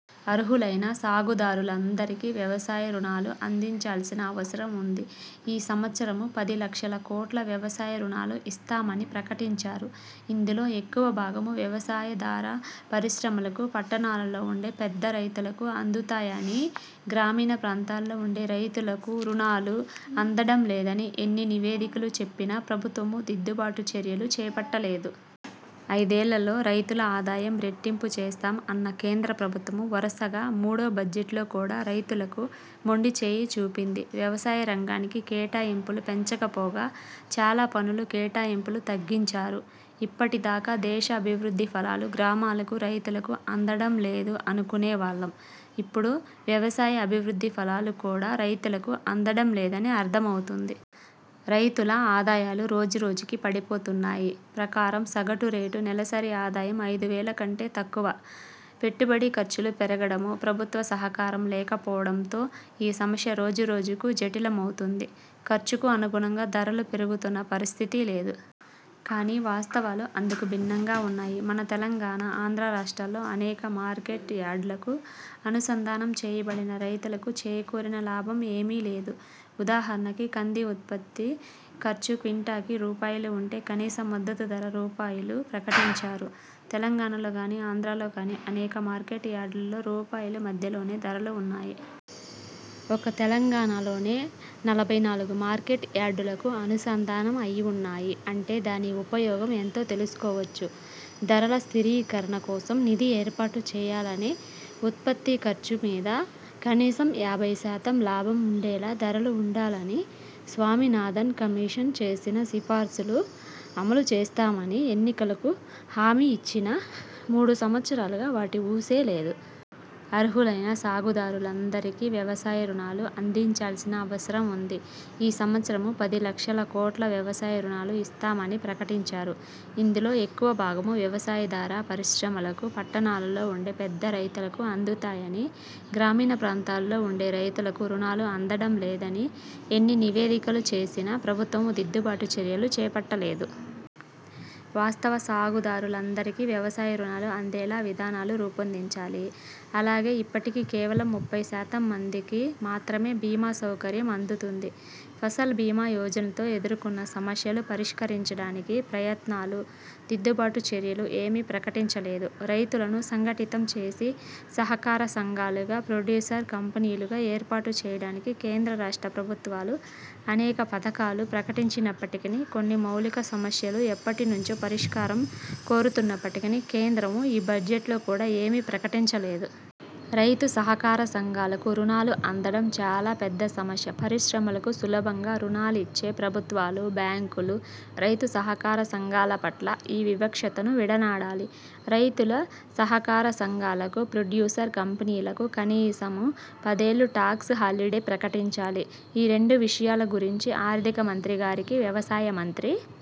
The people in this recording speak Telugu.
అర్హులైన సాగుదారులందరికీ వ్యవసాయ రుణాలు అందాల్సిన అవసరం వుంది. ఈ సంవత్సరం పది లక్షల కోట్లు వ్యవసాయ రుణాలు ఇస్తామని ప్రకటించారు. ఇందులో ఎక్కువ భాగం వ్యవసాయాధార పరిశ్రమలకు, పట్టణాలలో వుండే పెద్ద రైతులకు అందుతున్నాయని, గ్రామీణ ప్రాంతంలో వుండే రైతులకు రుణాలు అందటం లేదని ఎన్ని నివేదికలు చెప్పినా ప్రభుత్వం దిద్దుబాటు చర్యలు చేపట్టలేదు. ఐదేళ్ళల్లో రైతుల ఆదాయం రెట్టింపు చేస్తాం అన్న కేంద్ర ప్రభుత్వం వరుసగా మూడో బడ్జెట్లో కూడా రైతులకు మొండి చేయి చూపింది. వ్యవసాయ రంగానికి కేటాయింపులు పెంచక పోగా, చాలా పనులకు కేటాయింపులు తగ్గించారు. ఇప్పటి దాకా దేశ అభివృద్ధి ఫలాలు గ్రామాలకు రైతులకు అందటం లేదు అనుకునే వాళ్ళం ఇప్పడు వ్యవసాయ అభివృద్ధి ఫలాలు కూడా రైతులకు అందటం లేదని అర్థం అవుతోంది. రైతుల ఆదాయాలు రోజు రోజుకు పడిపోతున్నాయి ప్రకారం సగటు రైతు నెలసరి ఆదాయం ఐదు వేల కంటే తక్కువ. పెట్టుబడి ఖర్చులు పెరగటం, ప్రభుత్వ సహకారం తగ్గిపోవటం తో ఈ సమస్య రోజు రోజుకు జటిల మవుతోంది. ఖర్చుకు అనుగుణంగా ధరలు పెరుగుతున్న పరిస్థితి లేదు. కానీ వాస్తవాలు అందుకు భిన్నంగా వున్నాయి. మన తెలంగాణ, ఆంధ్ర రాష్ట్రాల్లో అనేక మార్కెట్ యార్డులు కు అనుసంధానం చేయబడినా రైతులకు చేకూరిన లాభం ఏమీ లేదు. ఉదాహరణకి కంది ఉత్పత్తి ఖర్చు క్వింటాలుకి రూపాయలు వుంటే కనీస మద్దతు ధర రూపాయలు. ప్రకటించారు. తెలంగాణలో కానీ, ఆంధ్రప్రదేశ్లో కానీ అనేక మార్కెట్ యార్డులలో రూపాయలు మధ్యలోనే ధరలు వున్నాయి. ఒక్క తెలంగాణ లోనే నలభై నాలుగు మార్కెట్ యార్డులు కు అనుసంధానం అయివున్నాయి అంటే దాని ఉపయోగం ఎంతో తెలుసుకోవచ్చు. ధరల స్థిరీకరణ కోసం నిధి ఏర్పాటు చేయాలనీ, ఉత్పత్తి ఖర్చు మీద కనీసం యాభై శాతం లాభం ఉండేలా ధరలు వుండాలని స్వామినాథన్ కమిషన్ చేసిన సిఫారసులు అమలు చేస్తామని ఎన్నికల హామీ ఇచ్చినా, మూడు సంవత్సరాలుగా వాటి ఊసే లేదు. అర్హులైన సాగుదారులందరికీ వ్యవసాయ రుణాలు అందాల్సిన అవసరం వుంది. ఈ సంవత్సరం పది లక్షల కోట్లు వ్యవసాయ రుణాలు ఇస్తామని ప్రకటించారు. ఇందులో ఎక్కువ భాగం వ్యవసాయాధార పరిశ్రమలకు, పట్టణాలలో వుండే పెద్ద రైతులకు అందుతున్నాయని, గ్రామీణ ప్రాంతంలో వుండే రైతులకు రుణాలు అందటం లేదని ఎన్ని నివేదికలు చెప్పినా ప్రభుత్వం దిద్దుబాటు చర్యలు చేపట్టలేదు. వాస్తవ సాగుదారులకందరికీ వ్యవసాయ రుణాలు అందేలా విధానాలు రూపొందించాలి. అలాగే ఇప్పటికీ కేవలం ముప్పై శాతం మందికి మాత్రమే బీమా సౌకర్యం అందుతోంది. ఫసల్ భీమా యోజనతో ఎదుర్కొన్న సమస్యలు పరిష్కరించటానికి ప్రయత్నాలు, దిద్దుబాటు చర్యలు ఏమీ ప్రకటించలేదు. రైతులను సంఘటితం చేసి సహకార సంఘాలుగా, ప్రొడ్యూసర్ కంపెనీలుగా ఏర్పాటు చేయటానికి కేంద్ర రాష్ట్ర ప్రభుత్వాలు అనేక పథకాలు ప్రకటించినప్పటికీని, కొన్ని మౌలిక సమస్యలు ఎప్పటి నుంచో పరిష్కారం కోరుతున్నప్పటికీని కేంద్రం ఈ బడ్జెట్లో కూడా ఏమీ ప్రకటించలేదు. రైతు సహకార సంఘాలకు రుణాలు అందటం చాలా పెద్ద సమస్య. పరిశ్రమలకు సులభంగా రుణాలు ఇచ్చే ప్రభుత్వాలు, బ్యాంకులు రైతు సహకార సంఘాల పట్ల ఈ వివక్షను విడనాడాలి. రైతుల సహకార సంఘాలకు, ప్రొడ్యూసర్ కంపెనీలకు కనీసం పదేళ్ళు టాక్స్ హాలిడే ప్రకటించాలి. ఈ రెండు విషయాల గురించి ఆర్థిక మంత్రి గారికి, వ్యవసాయ మంత్రి